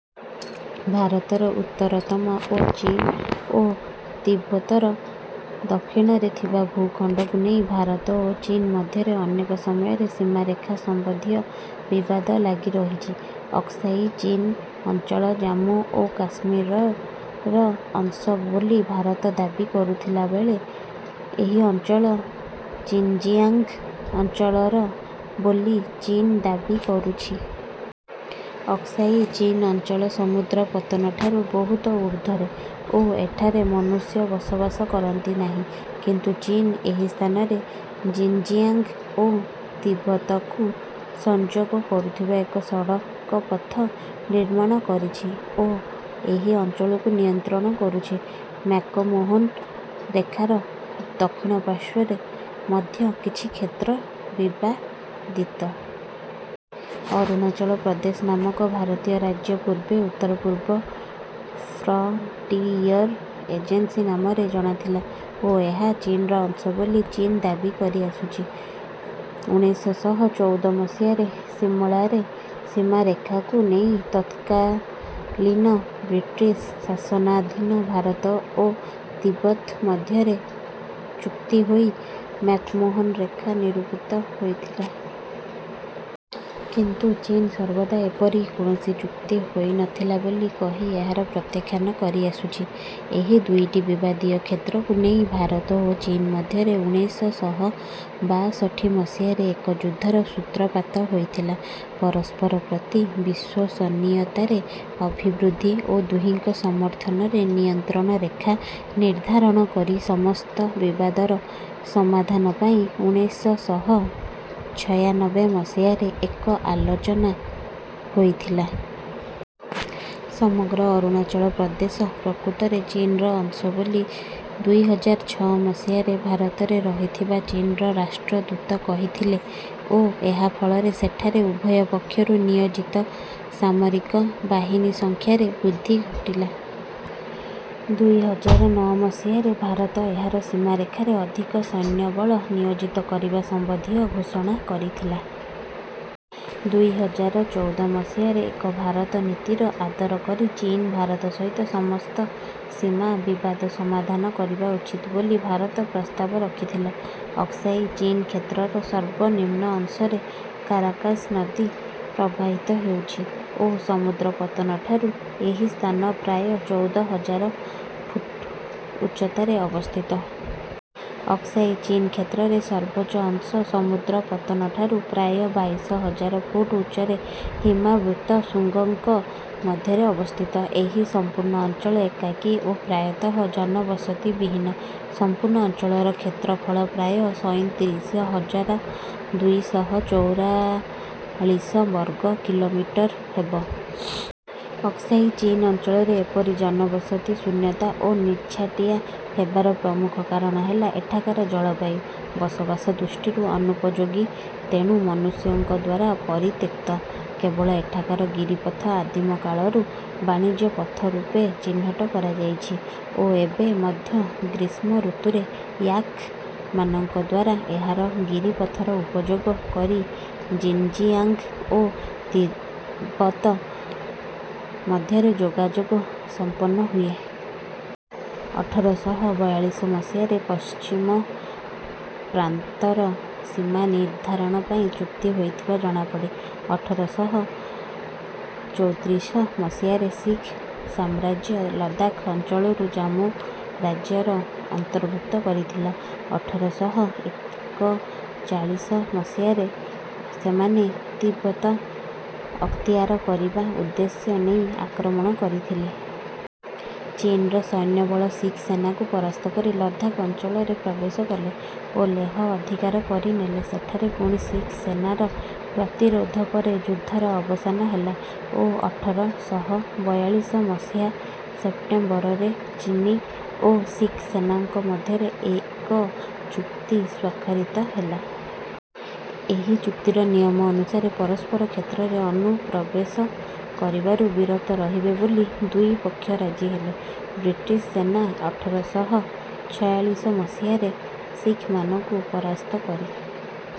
ଭାରତର ଉତ୍ତରତମ ଓ ଚୀନ ଓ ତିବ୍ୱତର ଦକ୍ଷିଣରେ ଥିବା ଭୂଖଣ୍ଡକୁ ନେଇ ଭାରତ ଓ ଚୀନ ମଧ୍ୟରେ ଅନେକ ସମୟରେ ସୀମାରେଖା ସମ୍ବନ୍ଧୀୟ ବିବାଦ ଲାଗି ରହିଛି। ଅକ୍ସାଇ ଚୀନ ଅଞ୍ଚଳ ଜାମ୍ମୁ ଓ କାଶ୍ମୀରର ଅଂଶ ବୋଲି ଭାରତ ଦାବୀ କରୁଥିଲା ବେଳେ ଏହି ଅଞ୍ଚଳ ଚିନ୍ଜିଆଂଗ୍ ଅଞ୍ଚଳର ବୋଲି ଚୀନ ଦାବୀ କରୁଛି। ଅକ୍ସାଇ ଚୀନ ଅଞ୍ଚଳ ସମୁଦ୍ର ପତନଠାରୁ ବହୁତ ଉର୍ଦ୍ଧ୍ୱରେ ଓ ଏଠାରେ ମନୁଷ୍ୟ ବସବାସ କରନ୍ତି ନାହିଁ। କିନ୍ତୁ ଚୀନ ଏହି ସ୍ଥାନରେ ଜିନ୍ଜିଆଂଗ୍ ଓ ତିବ୍ୱତକୁ ସଂଯୋଗ କରୁଥିବା ଏକ ସଡକପଥ ନିର୍ମାଣ କରିଛି ଓ ଏହି ଅଞ୍ଚଳକୁ ନିୟନ୍ତ୍ରଣ କରୁଛି। ମ୍ୟାକମୋହନ ରେଖାର ଦକ୍ଷିଣ ପାର୍ଶ୍ୱରେ ମଧ୍ୟ କିଛି କ୍ଷେତ୍ର ବିବାଦିତ। ଅରୁଣାଚଳ ପ୍ରଦେଶ ନାମକ ଭାରତୀୟ ରାଜ୍ୟ ପୂର୍ବେ ଉତ୍ତରପୂର୍ବ ଫ୍ରଣ୍ଟିୟର୍ ଏଜେନ୍ସି ନାମରେ ଜଣା ଥିଲା ଓ ଏହା ଚୀନର ଅଂଶ ବୋଲି ଚୀନ ଦାବୀ କରି ଆସୁଛି। ଉଣେଇଶ ଶହ ଚଉଦ ମସିହାରେ ସିମଳାରେ ସୀମାରେଖାକୁ ନେଇ ତତ୍କାଳୀନ ବ୍ରିଟିଶ୍ ଶାସନାଧୀନ ଭାରତ ଓ ତିବ୍ୱତ୍ ମଧ୍ୟରେ ଚୁକ୍ତି ହୋଇ ମ୍ୟାକମୋହନ ରେଖା ନିରୂପିତ ହୋଇଥିଲା। କିନ୍ତୁ ଚୀନ ସର୍ବଦା ଏପରି କୌଣସି ଚୁକ୍ତି ହୋଇନଥିଲା ବୋଲି କହି ଏହାର ପ୍ରତ୍ୟାଖ୍ୟାନ କରିଆସୁଛି। ଏହି ଦୁଇଟି ବିବାଦୀୟ କ୍ଷେତ୍ରକୁ ନେଇ ଭାରତ ଓ ଚୀନ ମଧ୍ୟରେ ଉଣେଇଶ ଶହ ବାଷଠି ମସିହାରେ ଏକ ଯୁଦ୍ଧର ସୂତ୍ରପାତ ହୋଇଥିଲା। ପରସ୍ପର ପ୍ରତି ବିଶ୍ୱସନୀୟତାରେ ଅଭିବୃଦ୍ଧି ଓ ଦୁହିଁଙ୍କ ସମର୍ଥନରେ ନିୟନ୍ତ୍ରଣରେଖା ନିର୍ଦ୍ଧାରଣ କରି ସମସ୍ତ ବିବାଦର ସମାଧାନ ପାଇଁ ଉଣେଇଶ ଶହ ଛୟାନବେ ମସିହାରେ ଏକ ଆଲୋଚନା ହୋଇଥିଲା। ସମଗ୍ର ଅରୁଣାଚଳ ପ୍ରଦେଶ ପ୍ରକୃତରେ ଚୀନର ଅଂଶ ବୋଲି ଦୁଇ ହଜାର ଛଅ ମସିହାରେ ଭାରତରେ ରହିଥିବା ଚୀନର ରାଷ୍ଟ୍ରଦୂତ କହିଥିଲେ ଓ ଏହା ଫଳରେ ସେଠାରେ ଉଭୟ ପକ୍ଷରୁ ନିୟୋଜିତ ସାମରିକ ବାହିନୀ ସଂଖ୍ୟାରେ ବୃଦ୍ଧି ଘଟିଲା। ଦୁଇ ହଜାର ନଅ ମସିହାରେ ଭାରତ ଏହାର ସୀମାରେଖାରେ ଅଧିକ ସୈନ୍ୟବଳ ନିୟୋଜିତ କରିବା ସମ୍ବନ୍ଧୀୟ ଘୋଷଣା କରିଥିଲା। ଦୁଇ ହଜାର ଚଉଦ ମସିହାରେ ଏକ ଭାରତ ନୀତିର ଆଦର କରି ଚୀନ ଭାରତ ସହିତ ସମସ୍ତ ସୀମା ବିବାଦ ସମାଧାନ କରିବା ଉଚିତ୍ ବୋଲି ଭାରତ ପ୍ରସ୍ତାବ ରଖିଥିଲା। ଅକ୍ସାଇ ଚୀନ କ୍ଷେତ୍ରର ସର୍ବନିମ୍ନ ଅଂଶରେ କାରାକାଶ୍ ନଦୀ ପ୍ରବାହିତ ହେଉଛି ଓ ସମୁଦ୍ରପତନଠାରୁ ଏହି ସ୍ଥାନ ପ୍ରାୟ ଚଉଦ ହଜାର ଫୁଟ୍ ଉଚ୍ଚତାରେ ଅବସ୍ଥିତ। ଅକ୍ସାଇ ଚୀନ କ୍ଷେତ୍ରର ସର୍ବୋଚ୍ଚ ଅଂଶ ସମୁଦ୍ରପତନଠାରୁ ପ୍ରାୟ ବାଇଶ ହଜାର ଫୁଟ୍ ଉଚ୍ଚରେ ହିମାବୃତ୍ତ ଶୃଙ୍ଗଙ୍କ ମଧ୍ୟରେ ଅବସ୍ଥିତ। ଏହି ସମ୍ପୂର୍ଣ୍ଣ ଅଞ୍ଚଳ ଏକାକୀ ଓ ପ୍ରାୟତଃ ଜନବସତି ବିହୀନ। ସମ୍ପୂର୍ଣ୍ଣ ଅଞ୍ଚଳର କ୍ଷେତ୍ରଫଳ ପ୍ରାୟ ସଇଁତିରିଶ ହଜାର ଦୁଇ ଶହ ଚଉରାଳିଶ ବର୍ଗ କିଲୋମିଟର୍ ହେବ। ଅକ୍ସାଇ ଚୀନ ଅଞ୍ଚଳରେ ଏପରି ଜନବସତି ଶୂନ୍ୟତା ଓ ନିଛାଟିଆ ହେବାର ପ୍ରମୁଖ କାରଣ ହେଲା ଏଠାକାର ଜଳବାୟୁ ବସବାସ ଦୃଷ୍ଟିରୁ ଅନୁପଯୋଗୀ ତେଣୁ ମନୁଷ୍ୟଙ୍କଦ୍ୱାରା ପରିତ୍ୟକ୍ତ। କେବଳ ଏଠାକାର ଗିରିପଥ ଆଦିମକାଳରୁ ବାଣିଜ୍ୟପଥ ରୂପେ ଚିହ୍ନଟ କରାଯାଇଛି ଓ ଏବେ ମଧ୍ୟ ଗ୍ରୀଷ୍ମଋତୁରେ ୟାକ୍ ମାନଙ୍କଦ୍ୱାରା ଏହାର ଗିରିପଥର ଉପଯୋଗ କରି ଜିନ୍ଜିଆଂଗ୍ ଓ ତିବ୍ୱତ୍ ମଧ୍ୟରେ ଯୋଗାଯୋଗ ସମ୍ପନ୍ନ ହୁଏ। ଅଠର ଶହ ବୟାଳିଶ ମସିହାରେ ପଶ୍ଚିମ ପ୍ରାନ୍ତର ସୀମା ନିର୍ଦ୍ଧାରଣ ପାଇଁ ଚୁକ୍ତି ହୋଇଥିବା ଜଣାପଡେ। ଅଠର ଶହ ଚୌତ୍ରିଶ ମସିହାରେ ଶିଖ୍ ସାମ୍ରାଜ୍ୟ ଲଦାଖ୍ ଅଞ୍ଚଳକୁ ଜାମ୍ମୁ ରାଜ୍ୟର ଅନ୍ତର୍ଭୁକ୍ତ କରିଥିଲା। ଅଠର ଶହ ଏକଚାଳିଶ ମସିହାରେ ସେମାନେ ତିବ୍ୱତ ଅକ୍ତିଆର କରିବା ଉଦ୍ଦେଶ୍ୟ ନେଇ ଆକ୍ରମଣ କରିଥିଲେ। ଚୀନର ସୈନ୍ୟବଳ ଶିଖ୍ ସେନାକୁ ପରାସ୍ତ କରି ଲଦାଖ୍ ଅଞ୍ଚଳରେ ପ୍ରବେଶ କଲେ ଓ ଲେହ ଅଧିକାର କରିନେଲେ। ସେଠାରେ ପୁଣି ଶିଖ୍ ସେନାର ପ୍ରତିରୋଧ ପରେ ଯୁଦ୍ଧର ଅବସାନ ହେଲା ଓ ଅଠର ଶହ ବୟାଳିଶ ମସିହା ସେପ୍ଟେମ୍ବରରେ ଚୀନୀ ଓ ଶିଖ୍ ସେନାଙ୍କ ମଧ୍ୟରେ ଏକ ଚୁକ୍ତି ସ୍ୱାକ୍ଷରିତ ହେଲା। ଏହି ଚୁକ୍ତିର ନିୟମ ଅନୁସାରେ ପରସ୍ପର କ୍ଷେତ୍ରରେ ଅନୁପ୍ରବେଶ କରିବାରୁ ବିରତ ରହିବେ ବୋଲି ଦୁଇ ପକ୍ଷ ରାଜି ହେଲେ। ବ୍ରିଟିଶ୍ ସେନା ଅଠର ଶହ ଛୟାଳିଶ ମସିହାରେ ଶିଖମାନଙ୍କୁ ପରାସ୍ତ କରି